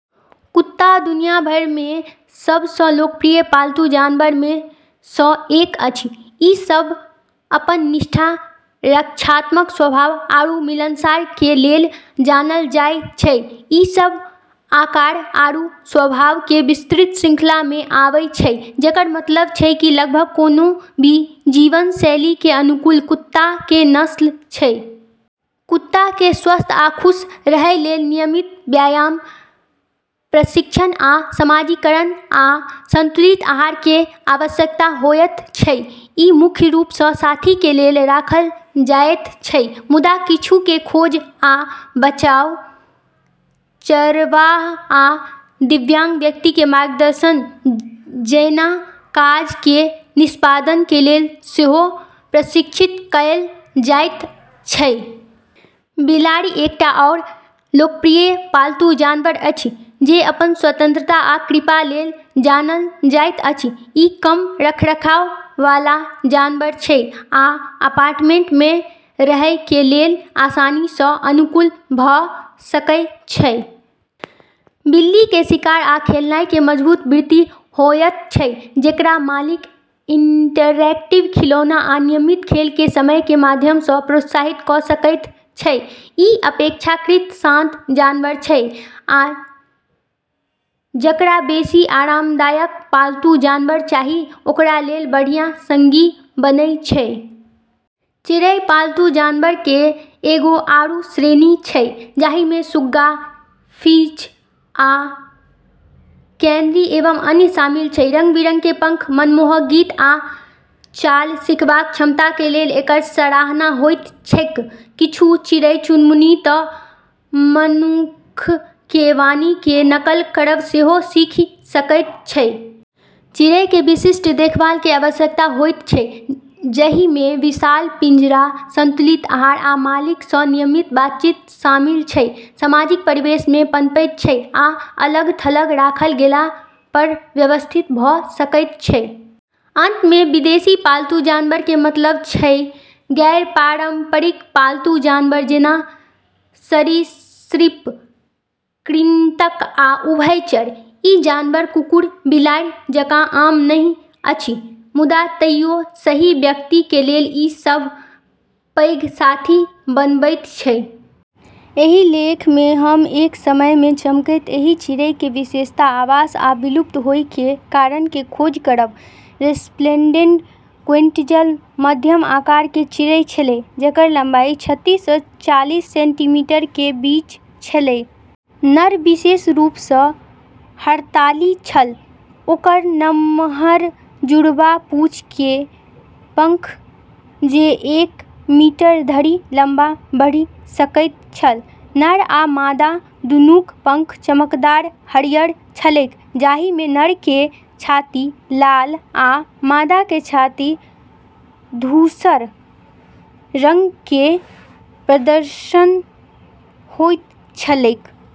कुत्ता दुनिया भरि में सब सँ लोकप्रिय पालतू जानवर में सँ एक अछि। ई सब अपन निष्ठा, रक्षात्मक स्वभाव, आरू मिलनसार के लेल जानल जाय छै। ई सब आकार आरू स्वभाव के विस्तृत श्रृंखला में आबै छै, जेकर मतलब छै कि लगभग कोनो भी जीवनशैली के अनुकूल कुत्ता के नस्ल छै। कुत्ता के स्वस्थ आ खुश रहय लेल नियमित व्यायाम, प्रशिक्षण आ समाजीकरण, आ संतुलित आहार के आवश्यकता होयत छै। ई मुख्य रूप सँ साथी के लेल राखल जायत छै, मुदा किछु के खोज आ बचाव, चरबाह, आ दिव्यांग व्यक्ति के मार्गदर्शन जैना काज के निष्पादन के लेल सेहो प्रशिक्षित कएल जाइत छै। बिलाड़ि एकटा आओर लोकप्रिय पालतू जानवर अछि, जे अपन स्वतंत्रता आ कृपा लेल जानल जाइत अछि। ई कम रखरखाव वाला जानवर छै आ अपार्टमेंट में रहय के लेल आसानी सँ अनुकूल भऽ सकय छै। बिल्ली के शिकार आ खेलनाय के मजबूत वृत्ति होयत छै, जेकरा मालिक इंटरैक्टिव खिलौना आ नियमित खेल के समय के माध्यम सँ प्रोत्साहित क' सकैत छै। ई अपेक्षाकृत शांत जानवर छै आ जकरा बेशी आरामदायक पालतू जानवर चाही ओकरा लेल बढ़िया संगी बनै छै। चिड़ै पालतू जानवर के एगो आरू श्रेणी छै, जाहिमें सुग्गा, फिंच, आ कैनरी एवं अन्य शामिल छै। रंग-बिरंग के पंख, मनमोहक गीत, आ चाल सीखबाक क्षमता के लेल एकर सराहना होइत छैक। किछु चिड़ै-चुनमुनी तऽ मनुक्ख के वाणी के नकल करब सेहो सीखि सकैत छै। चिड़ै के विशिष्ट देखभाल के आवश्यकता होइत छै, जहि में विशाल पिंजरा, संतुलित आहार, आ मालिक सँ नियमित बातचीत शामिल छै। सामाजिक परिवेश में पनपैत छै आ अलग-थलग राखल गेला पर व्यथित भऽ सकैत छै। अंत में, विदेशी पालतू जानवर के मतलब छै गैर-पारंपरिक पालतू जानवर जेना सरीसृप, कृंतक, आ उभयचर। ई जानवर कुकुर-बिलाड़ि जकाँ आम नहि अछि, मुदा तइयो सही व्यक्ति के लेल ई सभ पैघ साथी बनबैत छै। एहि लेख में हम एक समय में चमकैत एहि चिड़ै के विशेषता, आवास आ विलुप्त होय के कारण के खोज करब। रेस्प्लेन्डेंट क्वेट्ज़ल मध्यम आकार के चिड़ै छेलै, जेकर लम्बाई छत्तीस सँ चालिस सेंटीमीटर के बीच छेलै। नर विशेष रूप सँ हड़ताली छल, ओकर नमहर, जुड़वाँ पूँछ के पंख जे एक मीटर धरि लम्बा बढ़ि सकैत छल। नर आ मादा दूनूक पंख चमकदार हरियर छलैक, जाहि में नर के छाती लाल आ मादा के छाती धूसर रंग के प्रदर्शन होइत छलैक।